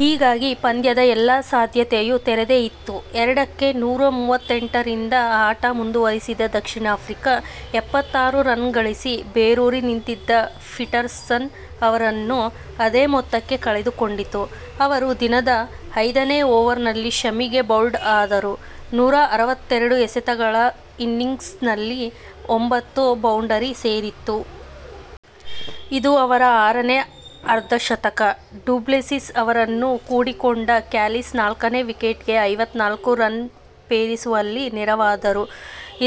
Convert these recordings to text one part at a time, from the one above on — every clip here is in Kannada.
ಹೀಗಾಗಿ ಪಂದ್ಯದ ಎಲ್ಲ ಸಾಧ್ಯತೆಯೂ ತೆರೆದೇ ಇತ್ತು. ಎರಡಕ್ಕೆ ನೂರ ಮೂವತ್ತೆಂಟರಿಂದ ಆಟ ಮುಂದುವರಿಸಿದ ದಕ್ಷಿಣ ಆಫ್ರಿಕಾ, ಎಪ್ಪತ್ತಾರು ರನ್ ಗಳಿಸಿ ಬೇರೂರಿ ನಿಂತಿದ್ದ ಪೀಟರ್ಸನ್ ಅವರನ್ನು ಅದೇ ಮೊತ್ತಕ್ಕೆ ಕಳೆದುಕೊಂಡಿತು. ಅವರು ದಿನದ ಐದನೇ ಓವರಿನಲ್ಲಿ ಶಮಿಗೆ ಬೌಲ್ಡ್ ಆದರು. ನೂರ ಅರವತ್ತೆರಡು ಎಸೆತಗಳ ಇನ್ನಿಂಗ್ಸ್ನಲ್ಲಿ ಒಂಭತ್ತು ಬೌಂಡರಿ ಸೇರಿತ್ತು. ಇದು ಅವರ ಆರನೇ ಅರ್ಧ ಶತಕ. ಡುಪ್ಲೆಸಿಸ್ ಅವರನ್ನು ಕೂಡಿಕೊಂಡ ಕ್ಯಾಲಿಸ್ ನಾಲ್ಕನೇ ವಿಕೆಟಿಗೆ ಐವತ್ತ ನಾಲ್ಕು ರನ್ ಪೇರಿಸುವಲ್ಲಿ ನೆರವಾದರು.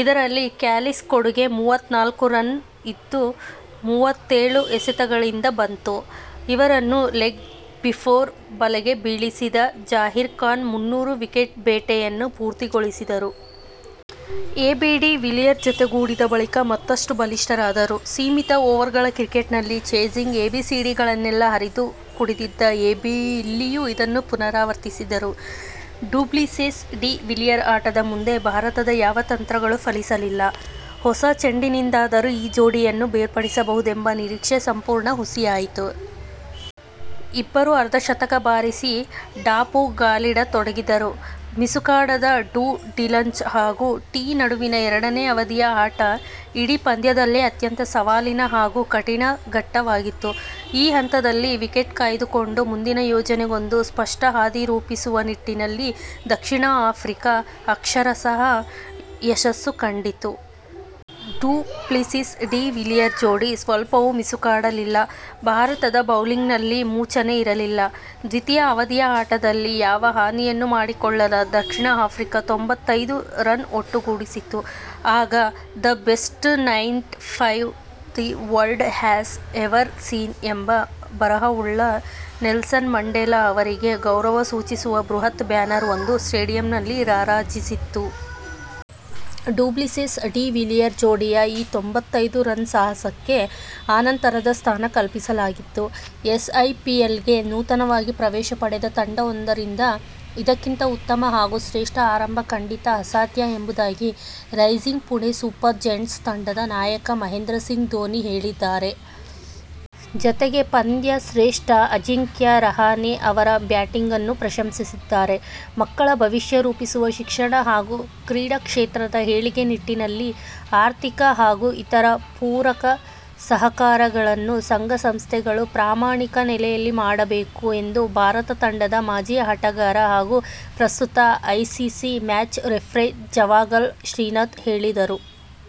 ಇದರಲ್ಲಿ ಕ್ಯಾಲಿಸ್ ಕೊಡುಗೆ ಮೂವತ್ತ ನಾಲ್ಕು ರನ್. ಇದು ಮೂವತ್ತೆಳು ಎಸೆತಗಳಿಂದ ಬಂತು. ಇವರನ್ನು ಲೆಗ್ ಬಿಫೋರ್ ಬಲೆಗೆ ಬೀಳಿಸಿದ ಜಹೀರ್ ಖಾನ್ ಮುನ್ನೂರು ವಿಕೆಟ್ ಬೇಟೆಯನ್ನು ಪೂರ್ತಿಗೊಳಿಸಿದರು. ಎಬಿ ಡಿ ವಿಲಿಯರ್ ಜತೆಗೂಡಿದ ಬಳಿಕ ಮತ್ತಷ್ಟು ಬಲಿಷ್ಠರಾದರು. ಸೀಮಿತ ಓವರ್ಗಳ ಕ್ರಿಕೆಟ್ನಲ್ಲಿ ಚೇಸಿಂಗ್ ಎಬಿಸಿಡಿಗಳನ್ನೆಲ್ಲ ಅರೆದು ಕುಡಿದಿದ್ದ ಎಬಿ ಇಲ್ಲಿಯೂ ಇದನ್ನು ಪುನರಾವರ್ತಿಸಿದರು. ಡು ಪ್ಲೆಸಿಸ್-ಡಿ ವಿಲಿಯರ್ ಆಟದ ಮುಂದೆ ಭಾರತದ ಯಾವ ತಂತ್ರಗಳೂ ಫಲಿಸಲಿಲ್ಲ. ಹೊಸ ಚೆಂಡಿನಿಂದಾದರೂ ಈ ಜೋಡಿಯನ್ನು ಬೇರ್ಪಡಿಸಬಹುದೆಂಬ ನಿರೀಕ್ಷೆ ಸಂಪೂರ್ಣ ಹುಸಿಯಾಯಿತು. ಇಬ್ಬರೂ ಅರ್ಧ ಶತಕ ಬಾರಿಸಿ ದಾಪುಗಾಲಿಡತೊಡಗಿದರು. ಮಿಸುಕಾಡದ ಡು-ಡಿಲಂಚ್ ಹಾಗೂ ಟೀ ನಡುವಿನ ಎರಡನೇ ಅವಧಿಯ ಆಟ ಇಡೀ ಪಂದ್ಯದಲ್ಲೇ ಅತ್ಯಂತ ಸವಾಲಿನ ಹಾಗೂ ಕಠಿನ ಘಟ್ಟವಾಗಿತ್ತು. ಈ ಹಂತದಲ್ಲಿ ವಿಕೆಟ್ ಕಾಯ್ದುಕೊಂಡು ಮುಂದಿನ ಯೋಜನೆಗೊಂದು ಸ್ಪಷ್ಟ ಹಾದಿ ರೂಪಿಸುವ ನಿಟ್ಟಿನಲ್ಲಿ ದಕ್ಷಿಣ ಆಫ್ರಿಕಾ ಅಕ್ಷರಶಃ ಯಶಸ್ಸು ಕಂಡಿತು. ಡು ಪ್ಲೆಸಿಸ್- ಡಿ ವಿಲಿಯರ್ ಜೋಡಿ ಸ್ವಲ್ಪವೂ ಮಿಸುಕಾಡಲಿಲ್ಲ. ಭಾರತದ ಬೌಲಿಂಗ್ನಲ್ಲಿ ಮೊನಚೇ ಇರಲಿಲ್ಲ. ದ್ವಿತೀಯ ಅವಧಿಯ ಆಟದಲ್ಲಿ ಯಾವ ಹಾನಿಯನ್ನೂ ಮಾಡಿಕೊಳ್ಳದ ದಕ್ಷಿಣ ಆಫ್ರಿಕಾ ತ್ತೊಂಭತ್ತೈದು ರನ್ ಒಟ್ಟುಗೂಡಿಸಿತು. ಆಗ the best ninety five, the world has ever seen'' ಎಂಬ ಬರಹವುಳ್ಳ, ನೆಲ್ಸನ್ ಮಂಡೇಲಾ ಅವರಿಗೆ ಗೌರವ ಸೂಚಿಸುವ ಬೃಹತ್ ಬ್ಯಾನರ್ ಒಂದು ಸ್ಟೇಡಿಯಂನಲ್ಲಿ ರಾರಾಜಿಸುತ್ತಿತ್ತು. ಡು ಪ್ಲೆಸಿಸ್- ಡಿ ವಿಲಿಯರ್ ಜೋಡಿಯ ಈ ತ್ತೊಂಭತ್ತೈದು ರನ್ ಸಾಹಸಕ್ಕೆ ಅನಂತರದ ಸ್ಥಾನ ಕಲ್ಪಿಸಲಾಗಿತ್ತು. ಎಸ್. ಐಪಿಎಲ್ಗೆ ನೂತನವಾಗಿ ಪ್ರವೇಶ ಪಡೆದ ತಂಡವೊಂದರಿಂದ ಇದಕ್ಕಿಂತ ಉತ್ತಮ ಹಾಗೂ ಶ್ರೇಷ್ಠ ಆರಂಭ ಖಂಡಿತ ಅಸಾಧ್ಯ ಎಂಬುದಾಗಿ 'ರೈಸಿಂಗ್ ಪುಣೆ ಸೂಪರ್ ಜಯಂಟ್ಸ್' ತಂಡದ ನಾಯಕ ಮಹೇಂದ್ರ ಸಿಂಗ್ ಧೋನಿ ಹೇಳಿದ್ದಾರೆ. ಜತೆಗೆ ಪಂದ್ಯಶ್ರೇಷ್ಠ ಅಜಿಂಕ್ಯ ರಹಾನೆ ಅವರ ಬ್ಯಾಟಿಂಗನ್ನೂ ಪ್ರಶಂಸಿಸಿದ್ದಾರೆ. ಮಕ್ಕಳ ಭವಿಷ್ಯ ರೂಪಿಸುವ ಶಿಕ್ಷಣ ಹಾಗೂ ಕ್ರೀಡಾ ಕ್ಷೇತ್ರದ ಏಳಿಗೆ ನಿಟ್ಟಿನಲ್ಲಿ ಆರ್ಥಿಕ ಹಾಗೂ ಇತರ ಪೂರಕ ಸಹಕಾರಗಳನ್ನು ಸಂಘ ಸಂಸ್ಥೆಗಳು ಪ್ರಾಮಾಣಿಕ ನೆಲೆಯಲ್ಲಿ ಮಾಡಬೇಕು ಎಂದು ಭಾರತ ತಂಡದ ಮಾಜಿ ಆಟಗಾರ ಹಾಗೂ ಪ್ರಸ್ತುತ ICC match referee Javagal Srinath ಹೇಳಿದರು.